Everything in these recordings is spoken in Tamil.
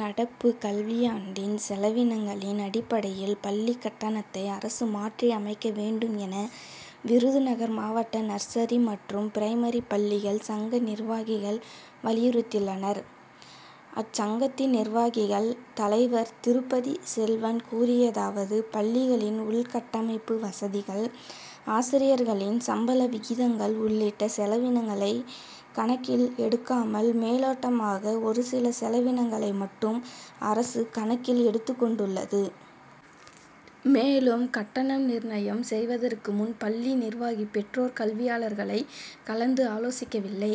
நடப்பு கல்வியாண்டின் செலவினங்களின் அடிப்படையில் பள்ளி கட்டணத்தை அரசு மாற்றி அமைக்க வேண்டும் என விருதுநகர் மாவட்ட நர்சரி மற்றும் பிரைமரி பள்ளிகள் சங்க நிர்வாகிகள் வலியுறுத்தியுள்ளனர். அச்சங்கத்தின் நிர்வாகிகள் தலைவர் திருப்பதி செல்வன் கூறியதாவது பள்ளிகளின் உள்கட்டமைப்பு வசதிகள் ஆசிரியர்களின் சம்பள விகிதங்கள் உள்ளிட்ட செலவினங்களை கணக்கில் எடுக்காமல் மேலோட்டமாக ஒரு சில செலவினங்களை மட்டும் அரசு கணக்கில் எடுத்து கொண்டுள்ளது. மேலும் கட்டணம் நிர்ணயம் செய்வதற்கு முன் பள்ளி நிர்வாகி பெற்றோர் கல்வியாளர்களை கலந்து ஆலோசிக்கவில்லை.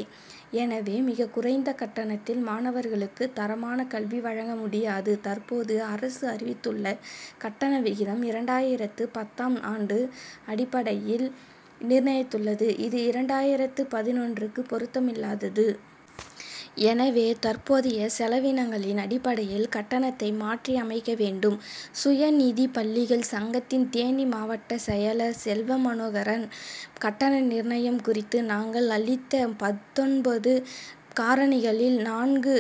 எனவே மிகக் குறைந்த கட்டணத்தில் மாணவர்களுக்கு தரமான கல்வி வழங்க முடியாது. தற்போது அரசு அறிவித்துள்ள கட்டண விகிதம் இரண்டாயிரத்து பத்தாம் ஆண்டு அடிப்படையில் நிர்ணயித்துள்ளது. இது இரண்டாயிரத்து பதினொன்றுக்கு பொருத்தமில்லாதது. எனவே தற்போதைய செலவினங்களின் அடிப்படையில் கட்டணத்தை மாற்றி அமைக்க வேண்டும். சுயநிதி பள்ளிகள் சங்கத்தின் தேனி மாவட்ட செயலர் செல்வமனோகரன் கட்டண நிர்ணயம் குறித்து நாங்கள் அளித்த பத்தொன்பது காரணிகளில் நான்கு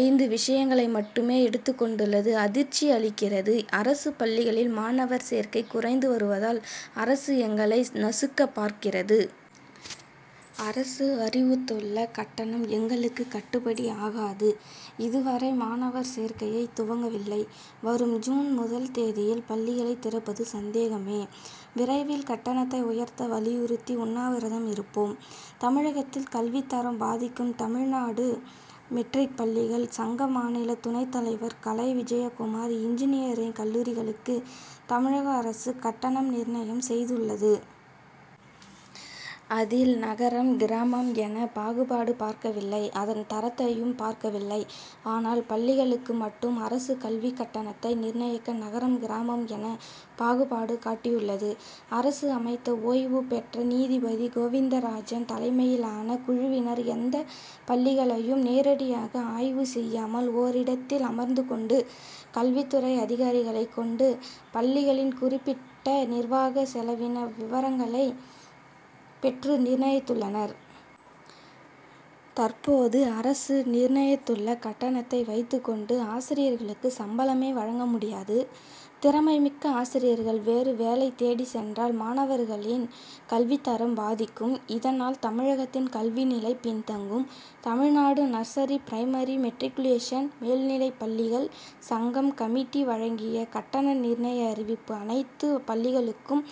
ஐந்து விஷயங்களை மட்டுமே எடுத்துக் கொண்டுள்ளது அதிர்ச்சி அளிக்கிறது. அரசு பள்ளிகளில் மாணவர் சேர்க்கை குறைந்து வருவதால் அரசு எங்களை நசுக்க பார்க்கிறது. அரசு அறிவித்துள்ள கட்டணம் எங்களுக்கு கட்டுப்படி ஆகாது. இதுவரை மாணவர் சேர்க்கையை துவங்கவில்லை. வரும் ஜூன் முதல் தேதியில் பள்ளிகளை திறப்பது சந்தேகமே. விரைவில் கட்டணத்தை உயர்த்த வலியுறுத்தி உண்ணாவிரதம் இருப்போம். தமிழகத்தில் கல்வித் தரம் பாதிக்கும் தமிழ்நாடு மெட்ரிக் பள்ளிகள் சங்க மாநில துணைத் தலைவர் கலை விஜயகுமார் இன்ஜினியரிங் கல்லூரிகளுக்கு தமிழக அரசு கட்டணம் நிர்ணயம் செய்துள்ளது. அதில் நகரம் கிராமம் என பாகுபாடு பார்க்கவில்லை. அதன் தரத்தையும் பார்க்கவில்லை. ஆனால் பள்ளிகளுக்கு மட்டும் அரசு கல்வி கட்டணத்தை நிர்ணயிக்க நகரம் கிராமம் என பாகுபாடு காட்டியுள்ளது. அரசு அமைத்த ஓய்வு பெற்ற நீதிபதி கோவிந்தராஜன் தலைமையிலான குழுவினர் எந்த பள்ளிகளையும் நேரடியாக ஆய்வு செய்யாமல் ஓரிடத்தில் அமர்ந்துக் கொண்டு கல்வித் துறை அதிகாரிகளைக் கொண்டு பள்ளிகளின் குறிப்பிட்ட நிர்வாக செலவின விவரங்களை பெற்று நிர்ணயித்துள்ளனர். தற்போது அரசு நிர்ணயித்துள்ள கட்டணத்தை வைத்துக் கொண்டு ஆசிரியர்களுக்கு சம்பளமே வழங்க முடியாது. திறமை மிக்க ஆசிரியர்கள் வேறு வேலை தேடி சென்றால் மாணவர்களின் கல்வித் தரம் பாதிக்கும். இதனால் தமிழகத்தின் கல்வி நிலை பின்தங்கும். தமிழ்நாடு நர்சரி பிரைமரி மெட்ரிகுலேஷன் மேல்நிலை பள்ளிகள் சங்கம் கமிட்டி வழங்கிய கட்டண நிர்ணய அறிவிப்பு அனைத்து பள்ளிகளுக்கும்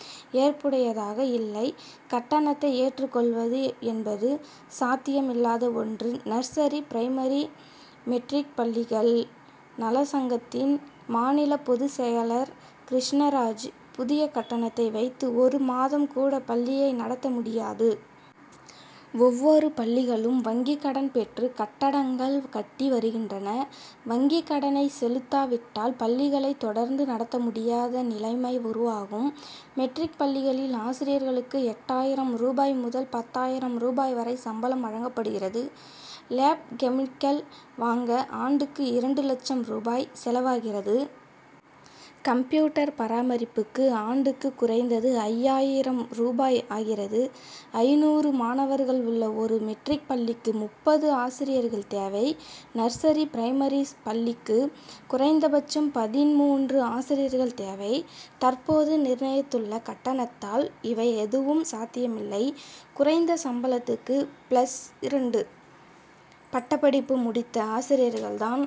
ஏற்புடையதாக இல்லை கட்டணத்தை ஏற்றுக்கொள்வது என்பது சாத்தியம் இல்லாத ஒன்று நர்சரி பிரைமரி மெட்ரிக் பள்ளிகள் நலச்சங்கத்தின் மாநில பொதுச் செயலர் கிருஷ்ணராஜ் புதிய கட்டணத்தை வைத்து ஒரு மாதம் கூட பள்ளியை நடத்த முடியாது. ஒவ்வொரு பள்ளிகளும் வங்கிக் கடன் பெற்று கட்டடங்கள் கட்டி வருகின்றன. வங்கிக் கடனை செலுத்தா விட்டால் பள்ளிகளை தொடர்ந்து நடத்த முடியாத நிலைமை உருவாகும். மெட்ரிக் பள்ளிகளில் ஆசிரியர்களுக்கு எட்டாயிரம் ரூபாய் முதல் பத்தாயிரம் ரூபாய் வரை சம்பளம் வழங்கப்படுகிறது. லேப் கெமிக்கல் வாங்க ஆண்டுக்கு இரண்டு லட்சம் ரூபாய் செலவாகிறது. கம்ப்யூட்டர் பராமரிப்புக்கு ஆண்டுக்கு குறைந்தது ஐயாயிரம் ரூபாய் ஆகிறது. ஐநூறு மாணவர்கள் உள்ள ஒரு மெட்ரிக் பள்ளிக்கு முப்பது ஆசிரியர்கள் தேவை. நர்சரி பிரைமரி பள்ளிக்கு குறைந்தபட்சம் பதின்மூன்று ஆசிரியர்கள் தேவை. தற்போது நிர்ணயித்துள்ள கட்டணத்தால் இவை எதுவும் சாத்தியமில்லை. குறைந்த சம்பளத்துக்கு பிளஸ் இரண்டு பட்டப்படிப்பு முடித்த ஆசிரியர்கள்தான்.